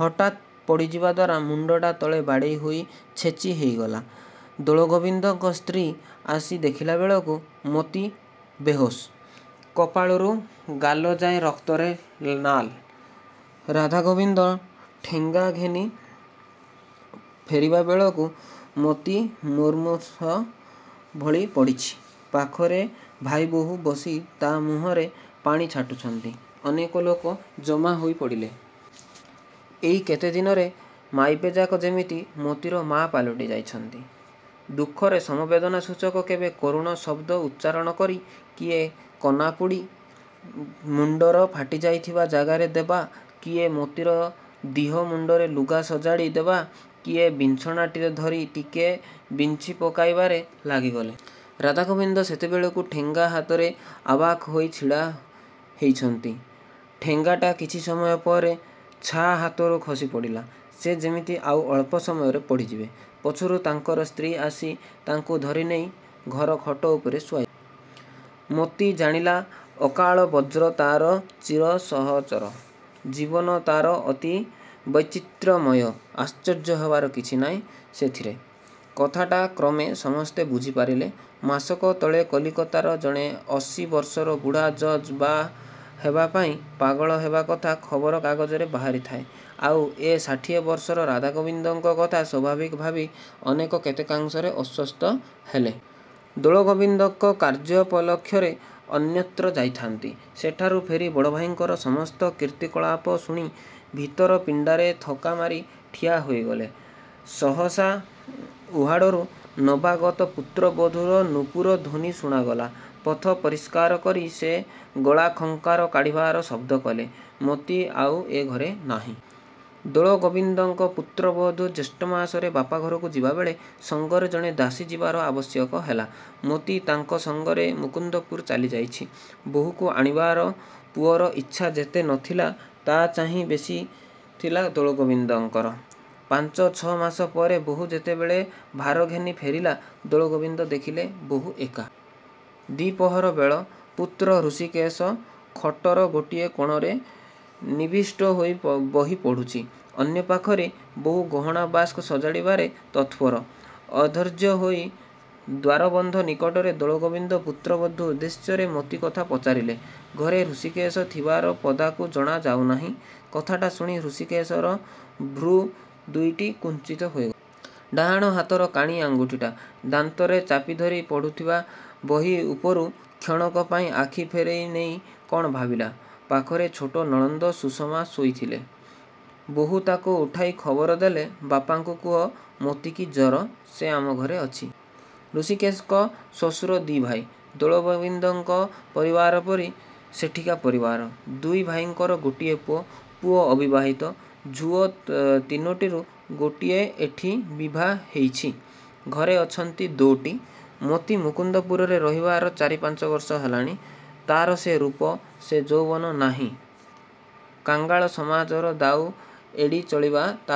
ହଠାତ୍ ପଡ଼ିଯିବାଦ୍ୱାରା ମୁଣ୍ଡଟା ତଳେ ବାଡ଼େଇ ହୋଇ ଛେଚି ହେଇଗଲା। ଦୋଳଗୋବିନ୍ଦଙ୍କ ସ୍ତ୍ରୀ ଆସି ଦେଖିଲାବେଳକୁ ମୋତି ବେହୋସ୍–କପାଳରୁ ଗାଲଯାଏ ରକ୍ତରେ ନାଲ। ରାଧାଗୋବିନ୍ଦ ଠେଙ୍ଗା ଘେନି ଫେରିବାବେଳକୁ ମୋତି ମୁମୂର୍ଷ ଭଳି ପଡ଼ିଛି। ପାଖରେ ଭାଇବୋହୂ ବସି ତା' ମୁହଁରେ ପାଣି ଛାଟୁଚନ୍ତି। ଅନେକ ଲୋକ ଜମା ହୋଇ ପଡ଼ିଲେ। ଏଇ କେତେ ଦିନରେ ମାଇପେଯାକ ଯେମିତି ମୋତିର ମା ପାଲଟି ଯାଇଚନ୍ତି। ଦୁଃଖରେ ସମବେଦନା ସୂଚକ କେବେ କରୁଣ ଶବ୍ଦ ଉଚ୍ଚାରଣ କରି, କିଏ କନା ପୋଡ଼ି, ମୁଣ୍ଡର ଫାଟିଯାଇଥିବା ଯାଗାରେ ଦେବା, କିଏ ମୋତିର ଦିହ ମୁଣ୍ଡରେ ଲୁଗା ସଜାଡ଼ି ଦେବା କିଏ ବିଞ୍ଚଣା ଧରି ଟିକେ ବିଞ୍ଚିପକାଇବାରେ ଲାଗିଗଲେ। ରାଧାଗୋବିନ୍ଦ ସେତେବେଳକୁ ଠେଙ୍ଗା ହାତରେ ଅବାକ୍ ହୋଇ ଛିଡ଼ା ହେଇଚନ୍ତି। ଠେଙ୍ଗାଟା କିଛି ସମୟ ପରେ ଛାଁ ହାତରୁ ଖସି ପଡ଼ିଲା। ସେ ଯେମିତି ଆଉ ଅଳ୍ପ ସମୟରେ ପଡ଼ିଯିବେ। ପଛରୁ ତାଙ୍କର ସ୍ତ୍ରୀ ଆସି ତାଙ୍କୁ ଧରିନେଇ ଘରେ ଖଟ ଉପରେ ଶୁଆଇ ଦେଲେ। ମୋତି ଜାଣିଲା ଅକାଳ ବଜ୍ର ତାର ଚିର ସହଚର। ଜୀବନ ତାର ଅତି ବୈଚିତ୍ର୍ୟମୟ। ଆଶ୍ଚର୍ଯ୍ୟ ହେବାର କିଛି ନାହିଁ, ସେଥିରେ। କଥାଟା କ୍ରମେ ସମସ୍ତେ ବୁଝି ପାରିଲେ। ମାସକ ତଳେ କଲିକତାର ଜଣେ ଅଶୀ ବର୍ଷର ବୁଢ଼ା ଜଜ୍ ବା' ହେବା ପାଇଁ ପାଗଳ ହେବା କଥା ଖବର କାଗଜରେ ବାହାରି ଥାଏ', ଆଉ ଏ ଷାଠିଏ ବର୍ଷର ରାଧାଗୋବିନ୍ଦଙ୍କ କଥା ସ୍ଵାଭାବିକ ଭାବି ଅନେକ କେତେକାଂଶରେ ଅଶ୍ଵସ୍ତ ହେଲେ। ଦୋଳଗୋବିନ୍ଦ କାର୍ଯ୍ୟୋପଲକ୍ଷରେ ଅନ୍ୟତ୍ର ଯାଇଥାନ୍ତି। ସେଠାରୁ ଫେରି ବଡ଼ଭାଇଙ୍କର ସମସ୍ତ କୀର୍ତ୍ତିକଳାପ ଶୁଣି ଭିତର ପିଣ୍ଡାରେ ଥକା ମାରି ଠିଆ ହୋଇଗଲେ। ସହସା ଉହାଡ଼ରୁ ନବାଗତ ପୁତ୍ରବଧୂର ନୂପୁର ଧ୍ଵନି ଶୁଣାଗଲା। ପଥ ପରିଷ୍କାର କରି ସେ ଗଳାଖଙ୍କାର କାଢ଼ିବାର ଶବ୍ଦକଲେ। ମୋତି ଆଉ ଏ ଘରେ ନାହିଁ। ଦୋଳଗୋବିନ୍ଦଙ୍କ ପୁତ୍ରବଧୁ ଜ୍ୟେଷ୍ଠ ମାସରେ ବାପଘରକୁ ଯିବାବେଳେ, ସଙ୍ଗରେ ଜଣେ ଦାସୀ ଯିବାର ଆବଶ୍ୟକ ହେଲା। ମୋତି ତାଙ୍କ ସଙ୍ଗରେ ମୁକୁନ୍ଦପୁର ଚାଲି ଯାଇଛି। ବୋହୂକୁ ଆଣିବାର ପୁଅର ଇଚ୍ଛା ଯେତେ ନ ଥିଲା ତା ଚାହିଁ ବେଶି ଥିଲା ଦୋଳଗୋବିନ୍ଦଙ୍କର। ପାଞ୍ଚ ଛ ମାସ ପରେ ବୋହୂ ଯେତେବେଳେ ଭାର ଘେନି ଫେରିଲା, ଦୋଳଗୋବିନ୍ଦ ଦେଖିଲେ, ବୋହୂ ଏକା। ଦିପରହ ବେଳ। ପୁତ୍ର ହୃଷିକେଶ ଖଟର ଗୋଟିଏ କୋଣରେ ନିବିଷ୍ଟ ହୋଇ ବହି ପଢ଼ୁଛି। ଅନ୍ୟପାଖରେ ବୋହୂ ଗହଣା ବାକ୍ସ ସଜାଡ଼ିବାରେ ତତ୍ପର। ଅଧୈର୍ଯ୍ୟହୋଇ ଦ୍ଵାରବନ୍ଧ ନିକଟରେ ଦୋଳଗୋବିନ୍ଦ ପୁତ୍ରବଧୂ ଉଦ୍ଦେଶ୍ୟରେ ମୋତିକଥା ପଚାରିଲେ। ଘରେ ହୃଷୀକେଶ ଥିବାର ପଦାକୁ ଜଣା ଯାଉନାହିଁ। କଥାଟା ଶୁଣି ହୃଷିକେଶର ଭ୍ରୂ ଦୁଇଟି କୁଞ୍ଚିତ ହୋଇଗଲା। ଡାହାଣ ହାତର କାଣି ଆଙ୍ଗୁଠିଟା, ଦାନ୍ତରେ ଚାପି ଧରି ପଢ଼ୁଥିବା ବହି ଉପରୁ କ୍ଷଣକ ପାଇଁ ଆଖି ଫେରେଇ ନେଇ କଣ ଭାବିଲା। ପାଖରେ ଛୋଟ ନଣନ୍ଦ ସୁଷମା ଶୋଇଥିଲା। ବୋହୂ ତାକୁ ଉଠାଇ ଖବର ଦେଲେ, ବାପାଙ୍କୁ କୁହ ମୋତିକି ଜର, ସେ–ଆମ ଘରେ ଅଛି। ହୃଷିକେଶଙ୍କ ଶଶୁର ଦି ଭାଇ। ଦୋଳଗୋବିନ୍ଦଙ୍କ ପରିବାର ପରି ସେଠିକା ପରିବାର। ଦୁଇ ଭାଇଙ୍କର ଗୋଟିଏ ପୁଅ। ପୁଅ ଅବିବାହିତ। ଝୁଅ ତିନୋଟିରୁ ଗୋଟିଏ ଏଠି ବିଭା ହେଇଚି-। ଘରେ ଅଛନ୍ତି ଦୋ'ଟି। ମୋତି ମୁକୁନ୍ଦପୁରରେ ରହିବାର ଚାରି ପାଞ୍ଚବର୍ଷ ହେଲାଣି। ତାର ସେ ରୂପ, ସେ ଯୌବନ ନାହିଁ। କାଙ୍ଗାଳ ସମାଜର ଦାଉ ଏଡ଼ି ଚଳିବା ତା'ପକ୍ଷରେ